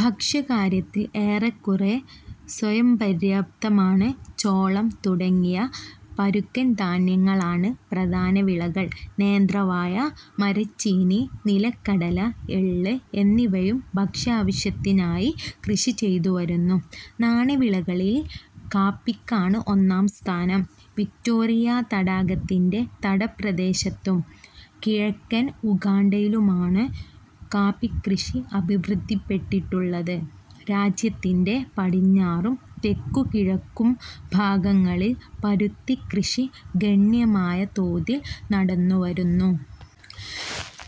ഭക്ഷ്യകാര്യത്തിൽ ഏറെക്കുറെ സ്വയമ്പര്യാപ്തമാണ്. ചോളം തുടങ്ങിയ പരുക്കൻ ധാന്യങ്ങളാണ് പ്രധാനവിളകൾ. നേന്ത്രവാഴ, മരച്ചീനി, നിലക്കടല, എള്ള് എന്നിവയും ഭക്ഷ്യാവശ്യത്തിനായി കൃഷിചെയ്തു വരുന്നു. നാണ്യവിളകളിൽ കാപ്പിക്കാണ് ഒന്നാം സ്ഥാനം. വിക്റ്റോറിയാ തടാകത്തിന്റെ തടപ്രദേശത്തും കിഴക്കൻ ഉഗാണ്ടയിലുമാണു കാപ്പികൃഷി അഭിവൃദ്ധിപ്പെട്ടിട്ടുള്ളത്. രാജ്യത്തിന്റെ പടിഞ്ഞാറും, തെക്കുകിഴക്കും ഭാഗങ്ങളിൽ പരുത്തികൃഷി ഗണ്യമായ തോതിൽ നടന്നുവരുന്നു.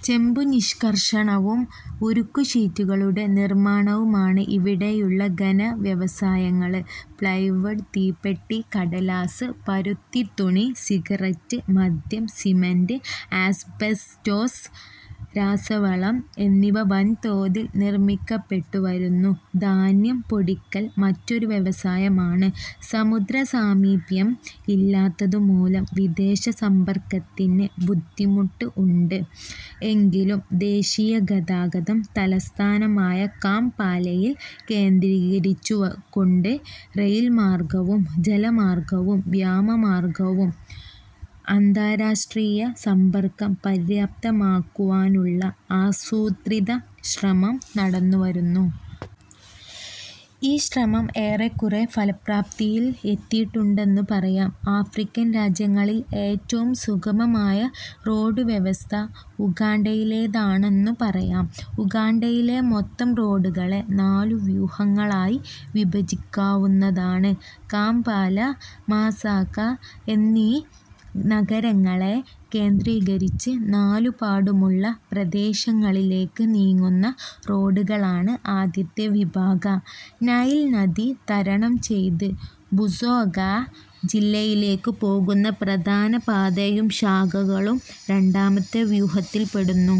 ചെമ്പുനിഷ്കർഷണവും, ഉരുക്കുഷീറ്റുകളുടെ നിർമ്മാണവുമാണ് ഇവിടെയുള്ള ഘനവ്യവസായങ്ങള്. പ്ലൈവുഡ്, തീപ്പെട്ടി, കടലാസ്, പരുത്തിത്തുണി, സിഗററ്റ്, മദ്യം, സിമന്റ്, ആസ്ബെസ്റ്റോസ്, രാസവളം എന്നിവ വൻതോതിൽ നിർമ്മിക്കപ്പെട്ടുവരുന്നു. ധാന്യം പൊടിക്കൽ മറ്റൊരു വ്യവസായമാണ്. സമുദ്ര സാമീപ്യം ഇല്ലാത്തതുമൂലം വിദേശ സമ്പർക്കത്തിന് ബുദ്ധിമുട്ട് ഉണ്ട്. എങ്കിലും ദേശീയഗതാഗതം തലസ്ഥാനമായ കാംപാലയിൽ കേന്ദ്രീകരിച്ചുകൊണ്ട്, റയിൽമാർഗവും ജലമാർഗവും വ്യോമമാർഗവും അന്താരാഷ്ട്രീയ സമ്പർക്കം പര്യാപ്തമാക്കുവാനുള്ള ആസൂത്രിതശ്രമം നടന്നുവരുന്നു. ഈ ശ്രമം ഏറെക്കുറെ ഫലപ്രാപ്തിയിൽ എത്തിയിട്ടുണ്ടെന്നു പറയാം. ആഫ്രിക്കൻ രാജ്യങ്ങളിൽ ഏറ്റവും സുഗമമായ റോഡുവ്യവസ്ഥ ഉഗാണ്ടയിലേതാണെന്നു പറയാം. ഉഗാണ്ടയിലെ മൊത്തം റോഡുകളെ നാലു വ്യൂഹങ്ങളായി വിഭജിക്കാവുന്നതാണ്. കാംപാല, മാസാക എന്നീ നഗരങ്ങളെ കേന്ദ്രീകരിച്ച് നാലുപാടുമുള്ള പ്രദേശങ്ങളിലേക്ക് നീങ്ങുന്ന റോഡുകളാണ് ആദ്യത്തെ വിഭാഗ. നൈൽ നദി തരണം ചെയ്ത് ബുസോഗാ ജില്ലയിലേക്കു പോകുന്ന പ്രധാനപാതയും ശാഖകളും രണ്ടാമത്തെ വ്യൂഹത്തിൽ പെടുന്നു.